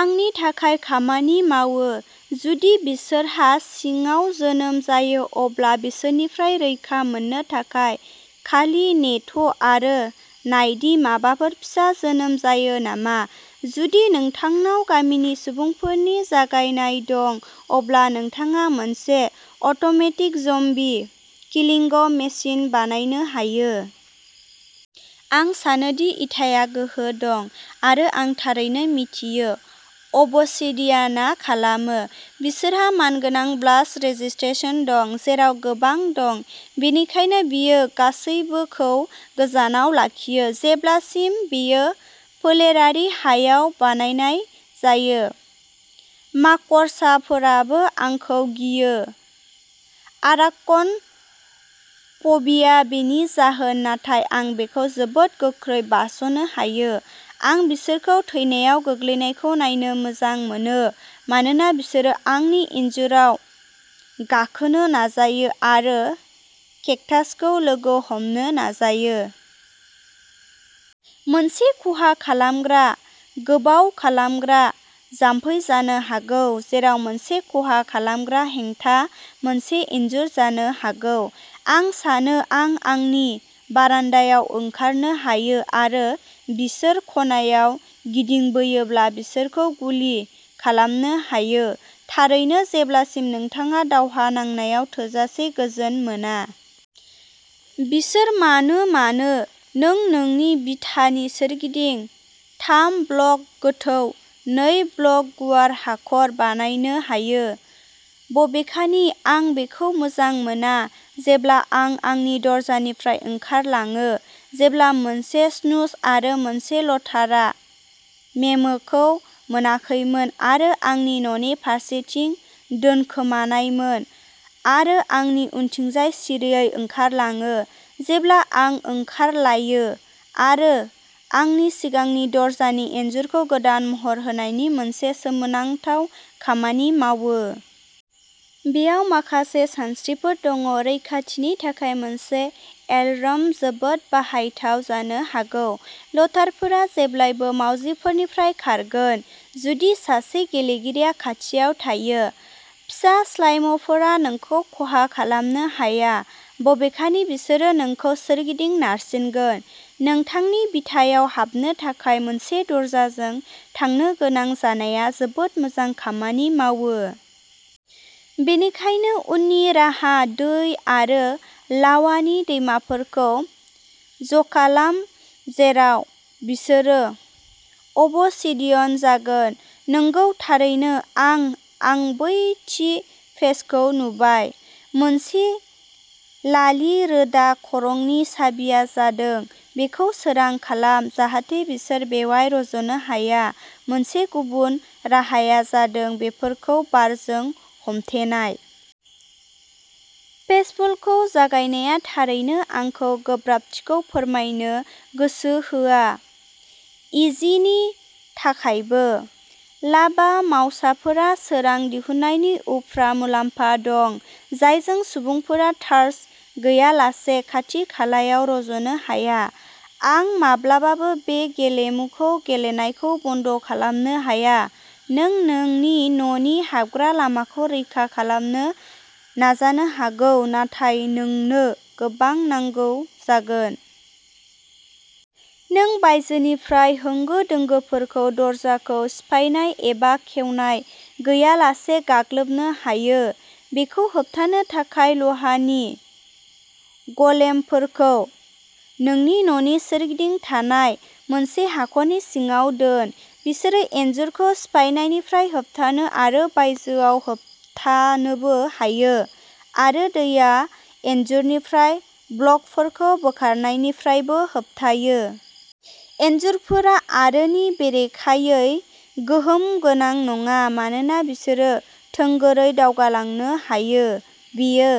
आंनि थाखाय खामानि मावो। जुदि बिसोर हा सिङाव जोनोम जायो अब्ला बिसोरनिफ्राय रैखा मोननो थाखाय, खालि नेथ'आरो नाय दि माबाफोर फिसा जोनोम जायो नामा। जुदि नोंथांनाव गामिनि सुबुंफोरनि जागायनाय दं, अब्ला नोंथाङा मोनसे अट'मेटिक ज'म्बी किलिंग मेसिन बानायनो हायो। आं सानो दि इटाया गोहो दं, आरो आं थारैनो मिथियो अबसिडियानआ खालामो। बिसोरहा मानगोनां ब्लास्ट रेजिस्ट्रेसन दं, जेराव गोबां दं। बेनिखायनो, बेयो गासैबोखौ गोजानाव लाखियो, जेब्लासिम बेयो फोलेरारि हायाव बानायनाय जायो। माकसाफोराबो आंखौ गियो, आराकन'फबिया बेनि जाहोन नाथाय आं बेखौ जोबोद गोख्रै बारस'नो हायो, आं बिसोरखौ थैनायाव गोग्लैनायखौ नायनो मोजां मोनो मानोना बिसोरो आंनि इनजुराव गाखोनो नाजायो आरो केक्टासखौ लोगो हमनो नाजायो। मोनसे खहा खालामग्रा गोबाव खालामग्रा जामफै जानो हागौ; जेराव मोनसे खहा खालामग्रा हेंथा मोनसे इनजुर जानो हागौ। आं सानो आं आंनि बारान्दायाव ओंखारनो हायो आरो बिसोर खनायाव गिदिंबोयोब्ला बिसोरखौ गुलि खालामनो हायो। थारैनो, जेब्लासिम नोंथाङा दावहा नांनायाव थोजासे गोजोन मोना। बिसोर मानो मानो, नों नोंनि बिथानि सोरगिदिं थाम-ब्लक गोथौ, नै-ब्लक गुवार हाखर बानायनो हायो। बबेखानि, आं बेखौ मोजां मोना जेब्ला आं आंनि दरजानिफ्राय ओंखारलायो जेब्ला मोनसे स्नुज आरो मोनसे लतारआ मेमोखौ मोनाखैमोन आरो आंनि न'नि फारसेथिं दोनखोमानायमोन आरो आंनि उनथिंजाय सिरियै ओंखारलाङो जेब्ला आं ओंखारलायो आरो आंनि सिगांनि दरजानि इनजुरखौ गोदान महर होनायनि मोनसे सोमोनांथाव खामानि मावो। बेयाव माखासे सानस्रिफोर दङः रैखाथिनि थाखाय मोनसे एलार्म जोबोद बाहायजाथाव जानो हागौ। लतारफोरा जेब्लाबो मावजिफोरनिफ्राय खारगोन, जुदि सासे गेलेगिरिया खाथियाव थायो। फिसा स्लाइमफोरा नोंखौ खहा खालामनो हाया, बबेखानि बिसोरो नोंखौ सोरगिदिं नारसिगोन। नोंथांनि बिथायाव हाबनो थाखाय मोनसे दरजाजों थांनो गोनां जानाया जोबोद मोजां खामानि मावो। बेनिखायनो, उननि राहाः-दै आरो लावानि दैमाफोरखौ ज'खालाम, जेराव बिसोरो अबसिडियन जागोन। नंगौ, थारैनो, आं आं बै थि पेजखौ नुबाय। मोनसे लालि-रोदा खरंनि साबिआ जादोंः बेखौ सोरां खालाम जाहाथे बिसोर बेयाव रज'नो हाया। मोनसे गुबुन राहाया जादों बेफोरखौ बारजों हमथेनाय। पिसफुलखौ जागायनाया थारैनो आंखौ गोब्राबथिखौ फोरमायनो गोसो होआ, इजिनि थाखायबो। लाभा-मावसाफोरा सोरां दिहुननायनि उफ्रा मुलाम्फा दं, जायजों सुबुंफोरा टार्च गैयालासे खाथि-खालायाव रज'नो हाया। आं माब्लाबाबो बे गेलेमुखौ गेलेनायखौ बन्द खालामनो हाया! नों नोंनि न'नि हाबग्रा लामाखौ रैखा खालामनो नाजानो हागौ, नाथाय नोंनो गोबां नांगौ जागोन। नों बायजोनिफ्राय होंगो दोंगोफोरखौ दरजाखौ सिफायनाय एबा खेवनाय गैयालासे गाग्लोबनो हायो। बेखौ होबथानो थाखाय, लहानि ग'लेमफोरखौ नोंनि न'नि सोरगिदिं थानाय मोनसे हाखरनि सिङाव दोन। बिसोरो इनजुरखौ सिफायनायनिफ्राय होबथानो आरो बायजोआव होबथानोबो हायो, आरो दैया इनजुरनिफ्राय ब्लकफोरखौ बोखारनायनिफ्रायबो होबथायो। इनजुरफोरा आरोनि बेरेखायै गोहोम गोनां नङा, मानोना बिसोरो थोंगोरै दावगालांनो हायो। बेयो